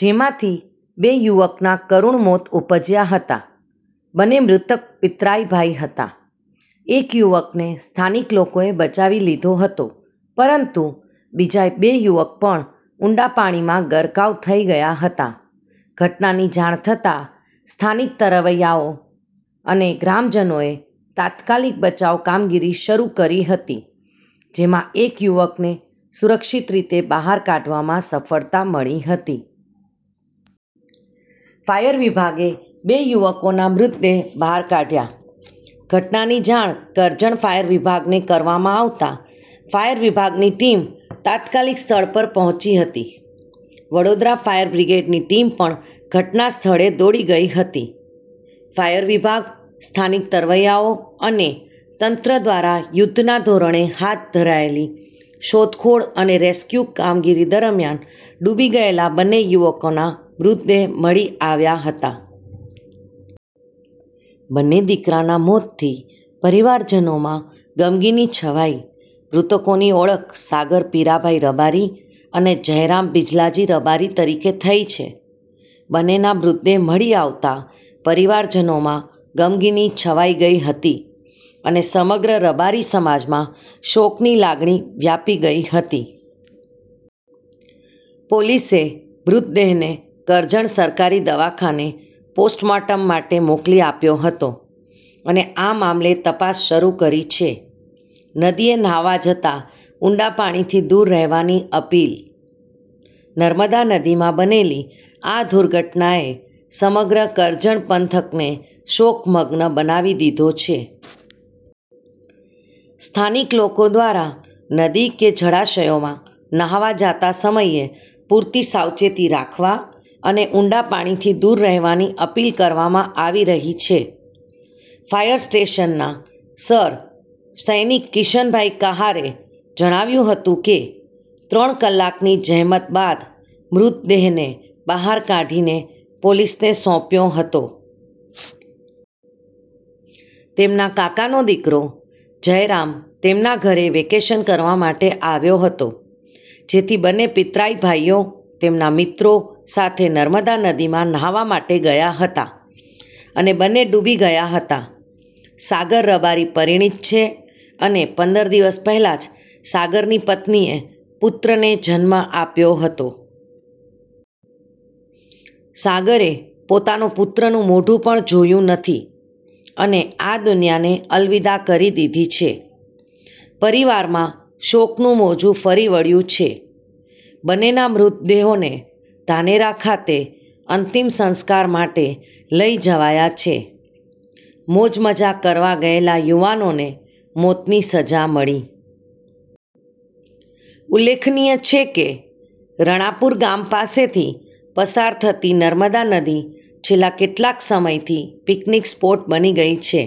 જેમાંથી બે યુવકના કરુણ મોત નિપજ્યા હતા. બંને મૃતક પિતરાઈ ભાઈ હતા. એક યુવક ને સ્થાનિક લોકોએ બચાવી લીધો હતો, પરંતુ બીજા બે યુવક પણ ઊંડા પાણીમાં ગરકાવ થઈ ગયા હતા. ઘટનાની જાણ થતાં સ્થાનિક તરવૈયાઓ અને ગ્રામજનોએ તાત્કાલિક બચાવ કામગીરી શરૂ કરી હતી, જેમાં એક યુવકને સુરક્ષિત રીતે બહાર કાઢવામાં સફળતા મળી હતી. ફાયર વિભાગે બે યુવકોના મૃતદેહ બહાર કાઢ્યા, ઘટનાની જાણ કરજણ ફાયર વિભાગને કરવામાં આવતા ફાયર વિભાગની ટીમ તાત્કાલિક સ્થળ પર પહોંચી હતી. વડોદરા ફાયર બ્રિગેડની ટીમ પણ ઘટના સ્થળે દોડી ગઈ હતી. ફાયર વિભાગ, સ્થાનિક તરવૈયાઓ અને તંત્ર દ્વારા યુદ્ધના ધોરણે હાથ ધરાયેલી શોધખોળ અને રેસ્ક્યુ કામગીરી દરમિયાન ડૂબી ગયેલા બંને યુવકોના મૃતદેહ મળી આવ્યા હતા. બંને દીકરાના મોતથી પરિવારજનોમાં ગમગીની છવાઈ મૃતકોની ઓળખ સાગર પીરાભાઈ રબારી અને જયરામ બિજલાજી રબારી તરીકે થઈ છે. બંનેના મૃતદેહ મળી આવતા પરિવારજનોમાં ગમગીની છવાઈ ગઈ હતી અને સમગ્ર રબારી સમાજમાં શોકની લાગણી વ્યાપી ગઈ હતી. પોલીસે મૃતદેહને કરજણ સરકારી દવાખાને પોસ્ટમોર્ટમ માટે મોકલી આપ્યો હતો અને આ મામલે તપાસ શરૂ કરી છે. નદી એ નાહવા જતાં ઊંડા પાણીથી દૂર રહેવાની અપીલ. નર્મદા નદીમાં બનેલી આ દુર્ઘટનાએ સમગ્ર કરજણ પંથકને શોકમગ્ન બનાવી દીધો છે. સ્થાનિક લોકો દ્વારા નદી કે જળાશયોમાં નાહવા જતાં સમયે પૂરતી સાવચેતી રાખવા અને ઊંડા પાણીથી દૂર રહેવાની અપીલ કરવામાં આવી રહી છે. ફાયર સ્ટેશનના સર સૈનિક કિશનભાઈ કહારે જણાવ્યું હતું કે, "ત્રણ કલાકની જહેમત બાદ મૃતદેહને બહાર કાઢીને પોલીસને સોંપ્યો હતો. તેમના કાકાનો દીકરો જયરામ તેમના ઘરે વેકેશન કરવા માટે આવ્યો હતો. જેથી બંને પિતરાઈ ભાઈઓ, તેમના મિત્રો સાથે નર્મદા નદીમાં નાહવા માટે ગયા હતા, અને બંને ડૂબી ગયા હતા. સાગર રબારી પરિણીત છે, અને પંદર દિવસ પહેલા જ સાગરની પત્નીએ પુત્રને જન્મ આપ્યો હતો. સાગરે પોતાનો પુત્રનું મોઢું પણ જોયું નથી, અને આ દુનિયાને અલવિદા કરી દીધી છે. પરિવારમાં શોકનું મોજું ફરી વળ્યુ છે. બંનેના મૃતદેહોને ધાનેરા ખાતે અંતિમ સંસ્કાર માટે લઈ જવાયા છે. મોજ મજા કરવા ગયેલા યુવાનોને મોતની સજા મળી." ઉલ્લેખનીય છે કે, રણાપુર ગામ પાસેથી પસાર થતી નર્મદા નદી છેલ્લા કેટલાક સમયથી પિકનિક સ્પોટ બની ગઈ છે.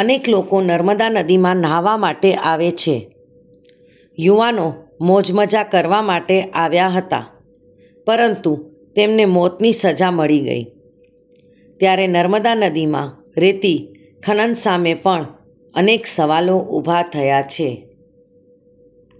અનેક લોકો નર્મદા નદીમાં નાહવા માટે આવે છે. યુવાનો મોજ મજા કરવા માટે આવ્યા હતા પરંતુ તેમને મોતની સજા મળી ગઈ, ત્યારે નર્મદા નદીમાં રેતી ખનન સામે પણ અનેક સવાલો ઊભા થયા છે.